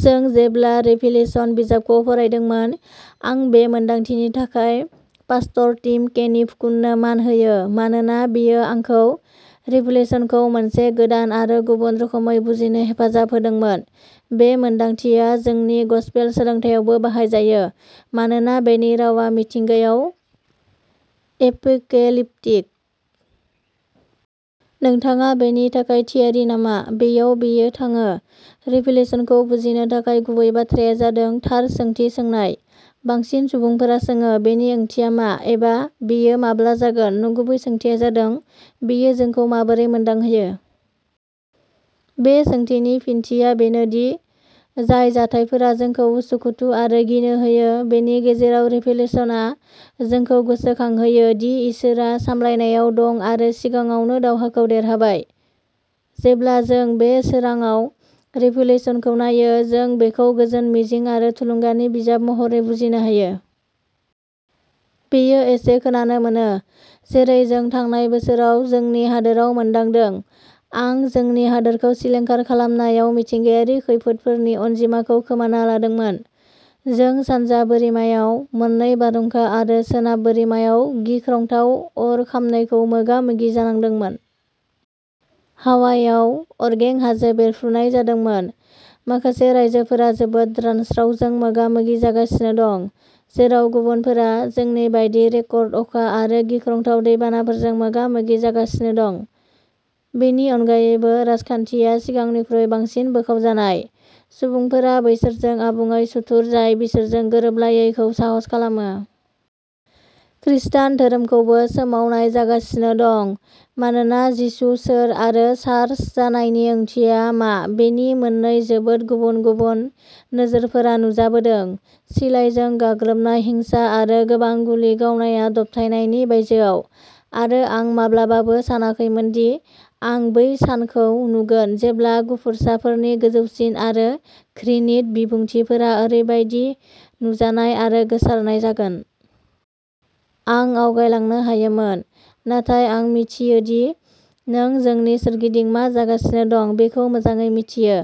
जों जेब्ला रेभिलेशन बिजाबखौ फरायदोंमोन। आं बे मोनदांथिनि थाखाय पास्टर टिम केनिफ-कुननो मान होयो मानोना बेयो आंखौ रेभिलेशनखौ मोनसे गोदान आरो गुबुन रोखोमै बुजिनो हेफाजाब होदोंमोन। बे मोनदांथिया जोंनि गसपेल सोलोंथायावबो बाहायजायो, मानोना बेनि रावा मिथिंगायाव एपोकेलिप्टिक। नोंथाङा बेनि थाखाय थियारि नामा? बेयाव बेयो थाङोः रेभिलेशनखौ बुजिनो थाखाय गुबै बाथ्राया जादों थार सोंथि सोंनाय। बांसिन सुबुंफोरा सोङो "बेनि ओंथिया मा?" एबा "बेयो माब्ला जागोन?" नंगुबै सोंथिया जादों "बेयो जोंखौ माबोरै मोनदांहोयो?" बे सोंथिनि फिनथिया बेनो दि जाय जाथायफोरा जोंखौ उसुखुथु आरो गिनो होयो, बेनि गेजेराव रेभिलेशनआ जोंखौ गोसोखांहोयो दि इसोरआ सामलायनायाव दं आरो सिगाङावनो दावहाखौ देरहाबाय। जेब्ला जों बे सोरांाव रेभिलेशनखौ नायो, जों बेखौ गोजोन, मिजिं आरो थुलुंगानि बिजाब महरै बुजिनो हायो। बेयो एसे खोनानो मोनो। जेरै जों थांनाय बोसोराव जोंनि हादोराव मोन्दांदों। आं जोंनि हादोरखौ सिलिंखार खालामनाय मिथिंगायारि खैफोदफोरनि अनजिमाखौ खोमाना लादोंमोन। जों सानजा बोरिमायाव मोननै बारहुंखा आरो सोनाब बोरिमायाव गिख्रंथाव अर खामनायखौ मोगा-मोगि जानांदोंमोन। हावाइआव अरगें हाजो बेरफ्रुनाय जादोंमोन। माखासे रायजोफोरा जोबोद रानस्रावजों मोगा-मोगि जागासिनो दं, जेराव गुबुनफोरा, जोंनि बायदि, रेकर्ड अखा आरो गिख्रंथाव दैबानाफोरजों मोगा-मोगि जागासिनो दं। बेनि अनगायैबो, राजखान्थिया सिगांनिख्रुइ बांसिन बोखावजानाय। सुबुंफोरा बैसोरजों आबुङै सुथुर जाय बिसोरजों गोरोबलायैखौ साहस खालामो। खृष्टान धोरोमखौबो सोमावनाय जागासिनो दं मानोना जिसु सोर आरो चार्च जानायनि ओंथिया मा बेनि मोननै जोबोद गुबुन-गुबुन नोजोरफोरा नुजाबोदों। सिलाइजों गाग्लोबनाय हिंसा आरो गोबां गुलि गावनाया दबथायनायनि बायजोआव। आरो आं माब्लाबाबो सानाखैमोनदि आं बै सानखौ नुगोन जेब्ला गुफुरसाफोरनि गोजौसिन आरो घृणित बिबुंथिफोरा ओरैबादि नुजानाय आरो गोसारनाय जागोन। आं आवगायलांनो हायोमोन, नाथाय आं मिथियो दि नों जोंनि सोरगिदिं मा जागासिनो दं बेखौ मोजाङै मिथियो।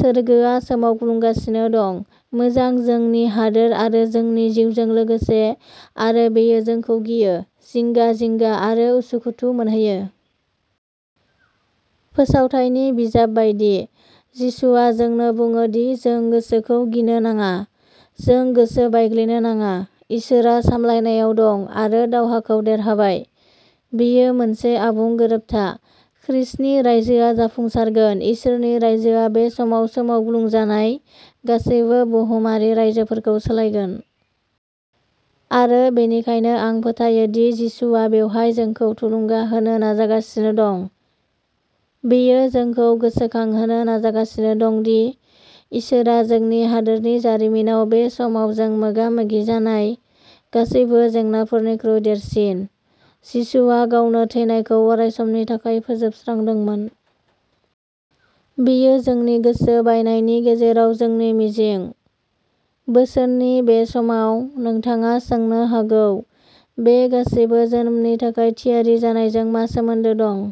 सोरगोआ सोमावग्लुंगासिनो दं, मोजां, जोंनि हादोर आरो जोंनि जिउजों लोगोसे। आरो बेयो जोंखौ गियो, जिंगा-जिंगा आरो उसुखुथु मोनहोयो। फोसावथायनि बिजाब बायदि, जिसुआ जोंनो बुङो दि जों गोसोखौ गिनो नाङा। जों गोसो बायग्लिनो नाङा। इसोरआ सामलायनायाव दं आरो दावहाखौ देरहाबाय। बेयो मोनसे आबुं गोरोबथा। खृष्टनि रायजोआ जाफुंसारगोन। इसोरनि रायजोआ बे समाव सोमावग्लुंजानाय गासैबो बुहुमारि रायजोफोरखौ सोलायगोन। आरो बेनिखायनो आं फोथायो दि जिसुआ बेवहाय जोंखौ थुलुंगा होनो नाजागासिनो दं। बियो जोंखौ गोसोखांहोनो नाजागासिनो दं दि इसोरआ जोंनि हादोरनि जारिमिनाव बे समाव जों मोगा-मोगि जानाय गासैबो जेंनाफोरनिख्रुइ देरसिन। जिसुआ, गावनो थैनायखौ अरायसमनि थाखाय फोजोबस्रांदोंमोन। बेयो जोंनि गोसो बायनायनि गेजेराव जोंनि मिजिं। बोसोननि बे समाव, नोंथाङा सोंनो हागौ "बे गासैबो जोनोमनि थाखाय थियारि जानायजों मा सोमोन्दो दं?